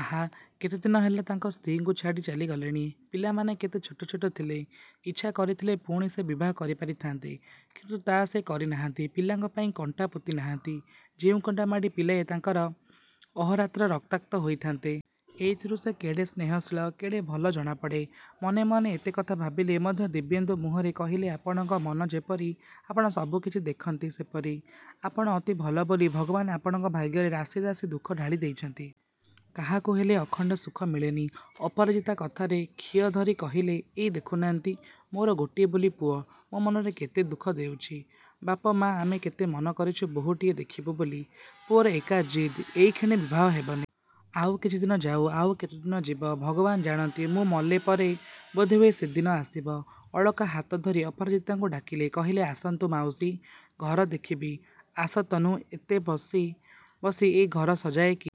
ଆହା, କେତେଦିନ ହେଲା ତାଙ୍କ ସ୍ତ୍ରୀ ଙ୍କୁ ଛାଡ଼ି ଚାଲି ଗଲେଣି। ପିଲାମାନେ କେତେ ଛୋଟ ଛୋଟ ଥିଲେ। ଇଚ୍ଛା କରିଥିଲେ ପୁଣି ସେ ବିବାହ କରିପାରିଥାନ୍ତେ; କିନ୍ତୁ ତା' ସେ କରିନାହାନ୍ତି। ପିଲାଙ୍କ ପାଇଁ କଣ୍ଟା ପୋତିନାହାନ୍ତି, ଯେଉଁ କଣ୍ଟା ମାଡ଼ି ପିଲାଏ ତାଙ୍କର ଅହୋରାତ୍ର ରକ୍ତାକ୍ତ ହୋଇଥାନ୍ତେ। ଏଇଥିରୁ ସେ କେଡ଼େ ସ୍ନେହଶୀଳ, କେଡ଼େ ଭଲ ଜଣାପଡ଼େ। ମନେ ମନେ ଏତେ କଥା ଭାବିଲେ ମଧ୍ୟ ଦିବ୍ୟେନ୍ଦୁ ମୁହଁରେ କହିଲେ ଆପଣଙ୍କ ମନ ଯେପରି ଆପଣ ସବୁ କିଛି ଦେଖନ୍ତି ସେପରି। ଆପଣ ଅତି ଭଲ ବୋଲି ଭଗବାନ ଆପଣଙ୍କ ଭାଗ୍ୟରେ ରାଶି ରାଶି ଦୁଃଖ ଢାଳି ଦେଇଛନ୍ତି। କାହାକୁ ହେଲେ ଅଖଣ୍ଡ ସୁଖ ମିଳେନି। ଅପରଜିତା କଥାର ଖିଅ ଧରି କହିଲେ ଏଇ ଦେଖୁନାହାନ୍ତି, ମୋର ଗୋଟିଏ ବୋଲି ପୁଅ, ମୋ ମନରେ କେତେ ଦୁଃଖ ଦେଉଛି। ବାପ ମାଆ ଆମେ କେତେ ମନ କରିଛୁ ବୋହୂଟିଏ ଦେଖିବୁ ବୋଲି। ପୁଅର ଏକା ଜିଦ୍ଏ ଇକ୍ଷଣି ବିବାହ ହେବନି। ଆଉ କିଛିଦିନ ଯାଉ। ଆଉ କେତେଦିନ ଯିବ ଭଗବାନ ଜାଣନ୍ତି। ମୁଁ ମଲେ ପରେ ବୋଧହୁଏ ସେଦିନ ଆସିବ। ଅଳକା ହାତ ଧରି ଅପରାଜିତାଙ୍କୁ ଡାକିଲେ। କହିଲେ ଆସନ୍ତୁ ମାଉସୀ, ଘର ଦେଖିବି। ଆସ ତନୁ। ଏତେ ବସି ବସି ଏ ଘର ସଜାଏ କିଏ?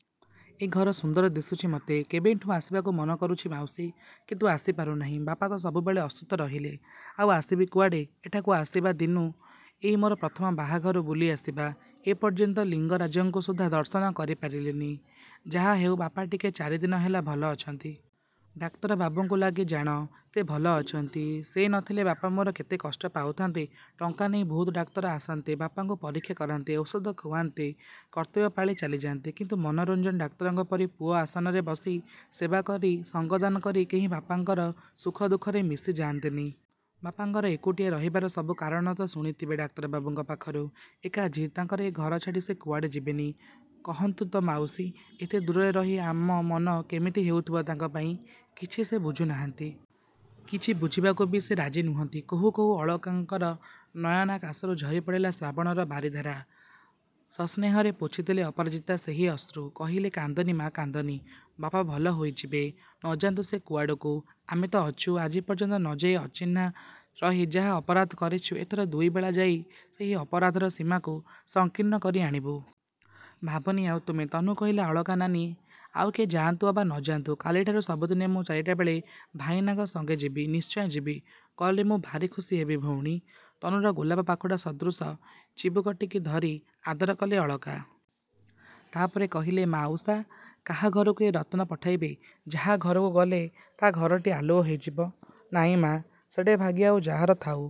ଏ ଘର ସୁନ୍ଦର ଦିଶୁଛି ମୋତେ। କେବେଠୁଁ ଆସିବାକୁ ମନ କରୁଛି ମାଉସୀ; କିନ୍ତୁ ଆସିପାରୁନି। ବାପା ତ ସବୁବେଳେ ଅସୁସ୍ଥ ରହିଲେ, ଆଉ ଆସିବି କୁଆଡ଼େ। ଏଠାକୁ ଆସିବାଦିନୁ ଏଇ ମୋର ପ୍ରଥମ ବାହାରକୁ ବୁଲିଆସିବା। ଏପର୍ଯ୍ୟନ୍ତ ଲିଙ୍ଗରାଜଙ୍କୁ ସୁଦ୍ଧା ଦର୍ଶନ କରିପାରିଲିନି। ଯାହା ହେଉ ବାପା ଟିକେ ଚାରିଦିନ ହେଲା ଭଲ ଅଛନ୍ତି। ଡାକ୍ତର ବାବୁଙ୍କ ଲାଗି ଜାଣ, ସେ ଭଲ ଅଛନ୍ତି। ସେ ନଥିଲେ ବାପା ମୋର କେତେ କଷ୍ଟ ପାଉଥାନ୍ତେ। ଟଙ୍କା ନେଇ ବହୁତ ଡାକ୍ତର ଆସନ୍ତେ, ବାପାଙ୍କୁ ପରୀକ୍ଷା କରାନ୍ତେ, ଔଷଧ ଖୁଆନ୍ତେ, କର୍ତ୍ତବ୍ୟ ପାଳି ଚାଲିଯାଆନ୍ତେ। କିନ୍ତୁ ମନୋରଞ୍ଜନ ଡାକ୍ତରଙ୍କ ପରି ପୁଅ ଆସନରେ ବସି, ସେବା କରି, ସଙ୍ଗଦାନ କରି କେହି ବାପାଙ୍କର ସୁଖ ଦୁଃଖରେ ମିଶିଯାଆନ୍ତେନି। ବାପାଙ୍କର ଏକୁଟିଆ ରହିବାର ସବୁ କାରଣ ତ ଶୁଣିଥିବେ ଡାକ୍ତରବାବୁଙ୍କ ପାଖରୁ। ଏକା ଜିଦ୍ ତାଙ୍କର ଏ ଘର ଛାଡ଼ି ସେ କୁଆଡ଼େ ଯିବେନି। କହନ୍ତୁ ତ ମାଉସୀ, ଏତେ ଦୂରରେ ରହି ଆମ ମନ କେମିତି ହେଉଥିବ ତାଙ୍କ ପାଇଁ। କିଛି ସେ ବୁଝୁନାହାନ୍ତି। କିଛି ବୁଝିବାକୁ ବି ସେ ରାଜି ନୁହନ୍ତି। କହୁ କହୁ ଅଳକାଙ୍କର ନୟନାକାଶରୁ ଝରିପଡ଼ିଲା ଶ୍ରାବଣର ବାରିଧାରା। ସସ୍ନେହରେ ପୋଛିଦେଲେ ଅପରାଜିତା ସେହି ଅଶ୍ରୁ। କହିଲେ କାନ୍ଦନି ମା', କାନ୍ଦନି। ବାପା ଭଲ ହୋଇଯିବେ। ନଯାନ୍ତୁ ସେ କୁଆଡ଼କୁ, ଆମେ ତ ଅଛୁ। ଆଜି ପର୍ଯ୍ୟନ୍ତ ନଯାଇ, ଅଚିହ୍ନା ରହି ଯାହା ଅପରାଧ କରିଛୁ ଏଥର ଦୁଇବେଳା ଯାଇ ସେହି ଅପରାଧର ସୀମାକୁ ସଂକୀର୍ଣ୍ଣ କରି ଆଣିବୁ। ଭାବନି ଆଉ ତୁମେ। ତନୁ କହିଲା ଅଳକା ନାନୀ, ଆଉ କିଏ ଯାଆନ୍ତୁ ଅବା ନ ଯାଆନ୍ତୁ, କାଲିଠାରୁ ସବୁଦିନେ ମୁଁ ଚାରିଟା ବେଳେ ଭାଇନାଙ୍କ ସଙ୍ଗେ ଯିବି। ନିଶ୍ଚୟ ଯିବ। ଗଲେ ମୁଁ ଭାରି ଖୁସି ହେବି ଭଉଣୀ। ତନୁର ଗୋଲାପ ପାଖୁଡ଼ା ସଦୃଶ ଚିବୁକଟି ଧରି ଆଦର କଲେ ଅଳକା। ତା'ପରେ କହିଲେ ମାଉସା, କାହା ଘରକୁ ଏ ରତ୍ନ ପଠାଇବେ? ଯାହା ଘରକୁ ଗଲେ ତା' ଘରଟି ଆଲୁଅ ହୋଇଯିବ। ନାଇଁ ମା', ସେଡ଼େ ଭାଗ୍ୟ ଆଉ ଯାହାର ଥାଉ,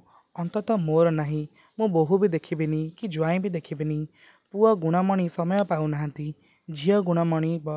ଅନ୍ତତ ମୋର ନାହିଁ। ମୁଁ ବୋହୂ ବି ଦେଖିବିନି, କି ଜ୍ୱାଇଁ ବି ଦେଖିବିନି। ପୁଅ ଗୁଣମଣି ସମୟ ପାଉନାହାନ୍ତି। ଝିଅ ଗୁଣମଣି ବ |